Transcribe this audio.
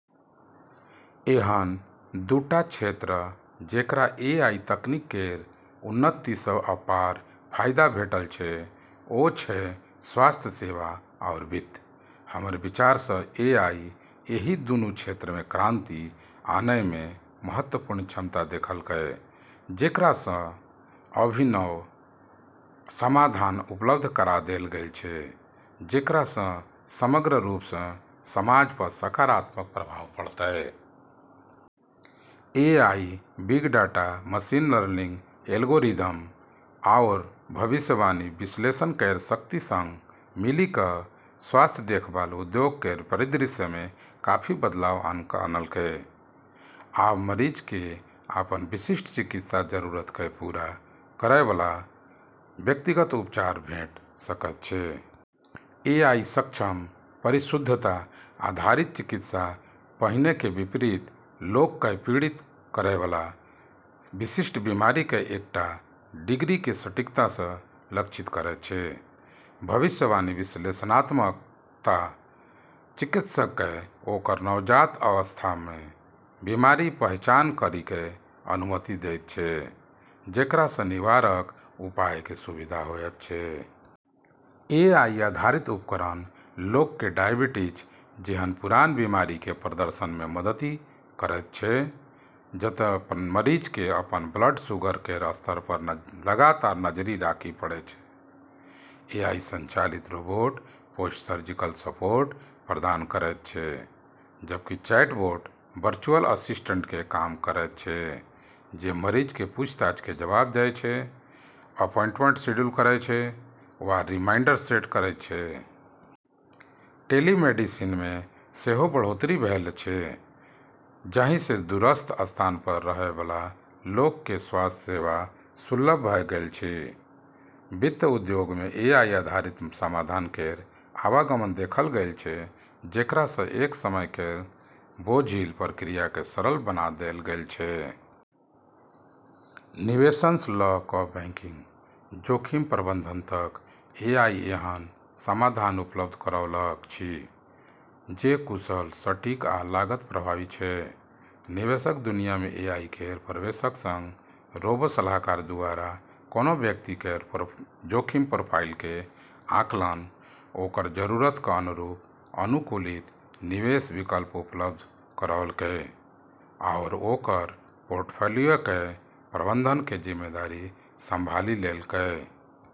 एहन दू टा क्षेत्र जेकरा एआई तकनीक केर उन्नतिसँ अपार फाइदा भेटल छै, ओ छै स्वास्थ्य सेवा आओर वित्त। हमर विचारसँ एआई एहि दुन्नु क्षेत्रमे क्रांति आनैमे महत्वपूर्ण क्षमता देखैलकै, जेकरासँ अभिनव समाधान उपलब्ध करा देल गेल छै, जेकरासँ समग्र रूपसँ समाज प' सकारात्मक प्रभाव पड़तै। AI, big data, machine learning algorithm, आओर भविष्यवाणी विश्लेषण केर शक्ति सङ्ग मिलि क' स्वास्थ्य देखभाल उद्योग केर परिदृश्यमे काफी बदलाव आनलकै । आब मरीजके अपन विशिष्ट चिकित्सा जरूरतकेँ पूरा करयबला व्यक्तिगत उपचार भेट सकैत छै । एआई-सक्षम, परिशुद्धता आधारित चिकित्सा पहिनेके विपरीत, लोककेँ पीड़ित करयबला विशिष्ट बीमारिकेँ एकटा डिग्रीकेँ सटीकतासँ लक्षित करैत छै । भविष्यवाणी विश्लेषणात्मकता चिकित्सककेँ ओकर नवजात अवस्थामे बीमारिक पहचान करैके अनुमति देइत छै, जेकरासँ निवारक उपायके सुविधा होयत छै । एआई आधारित उपकरण लोकके डायबिटीज जेहन पुरान बिमारिके प्रबंधनमे मदति करैत छै, जतऽ मरीजकेँ अपन ब्लड शुगर केर स्तर पर लगातार नजरि राखै पड़ै छै। एआई संचालित रोबोट पोस्ट-सर्जिकल सपोर्ट प्रदान करैत छै, जबकि चैटबोट वर्चुअल असिस्टेंटके काम करैत छै, जे मरीजके पूछताछके जवाब दै छै, अपॉइंटमेंट शेड्यूल करै छै वा रिमाइंडर सेट करैत छै । टेलीमेडिसिनमे सेहो बढ़ोतरी भेल अछि, जाहिसँ दूरस्थ स्थान पर रहयबला लोकके स्वास्थ्य सेवा सुलभ भ' गेल अछि । वित्त उद्योगमे एआई आधारित समाधान केर आवागमन देखल गेल छै जेकरासँ एक समय केर बोझिल प्रक्रियाके सरल बना देल गेल छै। निवेशसँ ल' क' बैंकिंग, जोखिम प्रबंधन तक, एआई एहन समाधान उपलब्ध करौलक अछि जे कुशल, सटीक आ लागत प्रभावी छै । निवेशक दुनियामे एआई केर प्रवेशक सङ्ग रोबो-सलाहकार दुआरा कोनो व्यक्ति केर जोखिम प्रोफाइलके आकलन, ओकर जरूरतक अनुरूप अनुकूलित निवेश विकल्प उपलब्ध करोलकै, आओर ओकर पोर्टफोलियोकेँ प्रबंधनके जिम्मेदारी संभाली लेलकै।